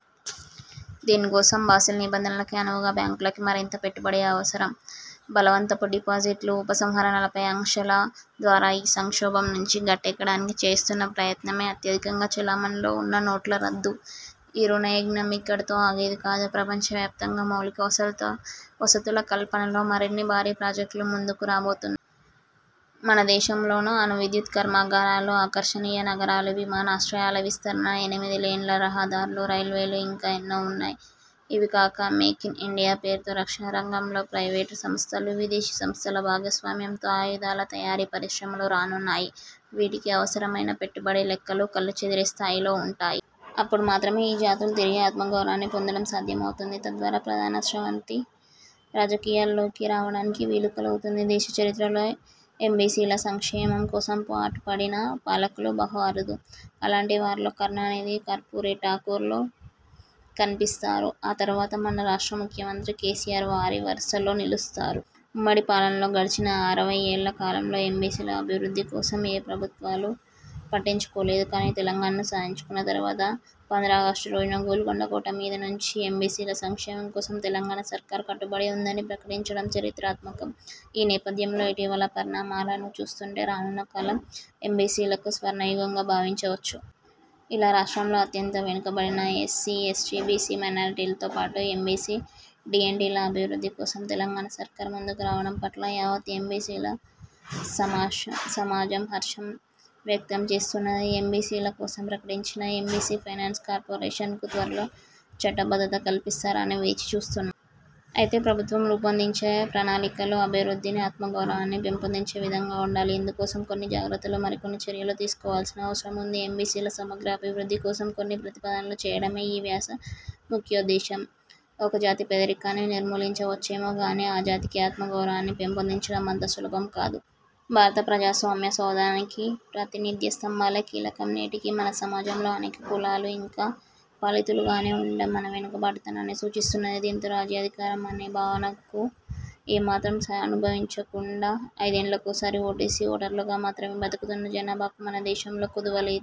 దీనికోసం, బాసెల్ నిబంధనలకి అనువుగా బ్యాంకులకి మరింత పెట్టుబడి అవసరం. బలవంతపు డిపాజిట్లు, ఉపసంహరణలపై ఆంక్షల ద్వారా ఈ సంక్షోభం నుంచి గట్టెక్కడానికి చేస్తున్న ప్రయత్నమే అత్యధికంగా చలామణిలో వున్న నోట్ల రద్దు. ఈ రుణయజ్ఞం ఇక్కడితో ఆగేది కాదు. ప్రపంచ వ్యాప్తంగా మౌలిక వసతుల కల్పనలో మరిన్ని భారీ ప్రాజెక్టులు ముందుకు రాబోతున్నాయి. మన దేశంలోనూ అణువిద్యుత్ కర్మాగారాలు, ఆకర్షణీయ నగరాలు, విమానాశ్రయాల విస్తరణ, ఎనిమిది లేన్ల రహదారులు, రైల్వేలు ఇంకా ఎన్నో వున్నాయి. ఇవికాక 'మేక్ ఇన్ ఇండియా' పేరుతో రక్షణ రంగంలో ప్రైవేటు సంస్థలు, విదేశీ సంస్థల భాగస్వామ్యంతో ఆయుధాల తయారీ పరిశ్రమలు రానున్నాయి. వీటికి అవసరమైన పెట్టుబడి లెక్కలు కళ్ళు చెదిరే స్థాయిలో వుంటాయి. అప్పుడు మాత్రమే ఈ జాతులు తిరిగి ఆత్మగౌరవాన్ని పొందడం సాధ్యమవుతుంది. తద్వారా ప్రధాన స్రవంతి రాజకీయాలలోకి రావడానికి వీలు కలుగుతుంది. దేశ చరిత్రలో ఎంబీసీల సంక్షేమం కోసం పాటుపడిన పాలకులు బహు అరుదు. అలాంటి వారిలో కరుణానిధి, కర్పూరీ ఠాకూర్లు కనిపిస్తారు. ఆ తరువాత మన రాష్ట్ర ముఖ్యమంత్రి కేసీఆర్ వారి వరుసలో నిలుస్తారు. ఉమ్మడి పాలనలో, గడిచిన అరవయ్యేళ్ల కాలంలో ఎంబీసీల అభివృద్ధి కోసం ఏ ప్రభుత్వాలు పట్టించుకోలేదు. కానీ, తెలంగాణను సాధించుకున్న తర్వాత పంద్రాగష్టు రోజున గోల్కొండ కోట మీది నుంచి ఎంబీసీల సంక్షేమం కోసం తెలంగాణ సర్కార్ కట్టుబడి ఉందని ప్రకటించడం చరిత్రాత్మకం. ఈ నేపథ్యంలో ఇటీవల పరిణామాలను చూస్తుంటే రానున్న కాలం ఎంబీసీలకు స్వర్ణయుగంగా భావించవచ్చు. ఇలా రాష్ట్రంలో అత్యంత వెనుకబడిన ఎస్సీ, ఎస్టీ, బీసీ, మైనారిటీలతో పాటు ఎంబీసీ, డీఎన్టీల అభివృద్ధి కోసం తెలంగాణ సర్కార్ ముందుకు రావడం పట్ల యావత్ ఎంబీసీ సమాజం హర్షం వ్యక్తం చేస్తున్నది. ఎంబీసీల కోసం ప్రకటించిన ఎంబీసీ ఫైనాన్స్ కార్పొరేషన్కు త్వరలో చట్టబద్ధత కల్పిస్తారని వేచి చూస్తున్నాము. అయితే ప్రభుత్వం రూపొందించే ప్రణాళికలు అభివృద్ధిని, ఆత్మగౌరవాన్ని పెంపొందించే విధంగా ఉండాలి. ఇందుకోసం కొన్ని జాగ్రత్తలు, మరికొన్ని చర్యలు తీసుకోవాల్సిన అవసరం ఉంది. ఎంబీసీల సమగ్ర అభివృద్ధి కోసం కొన్ని ప్రతిపాదనలు చేయడమే ఈ వ్యాస ముఖ్యోద్దేశం. ఒక జాతి పేదరికాన్ని నిర్మూలించవచ్చేమోగానీ, ఆ జాతికి ఆత్మగౌరవాన్ని పెంపొందించడం అంత సులభం కాదు. భారత ప్రజాస్వామ్య సౌధానికి ప్రాతినిధ్య స్తంభాలే కీలకం. నేటికీ మన సమాజంలో అనేక కులాలు ఇంకా పాలితులుగానే ఉండడం మన వెనుకబాటుతనాన్ని సూచిస్తున్నది. దీంతో రాజ్యాధికారం అనే భావనను ఏ మాత్రం అనుభవించకుండా ఐదేండ్లకోసారి ఓటేసే ఓటర్లుగా మాత్రమే బతుకుతున్న జనాభాకు మన దేశంలో కొదువలేదు.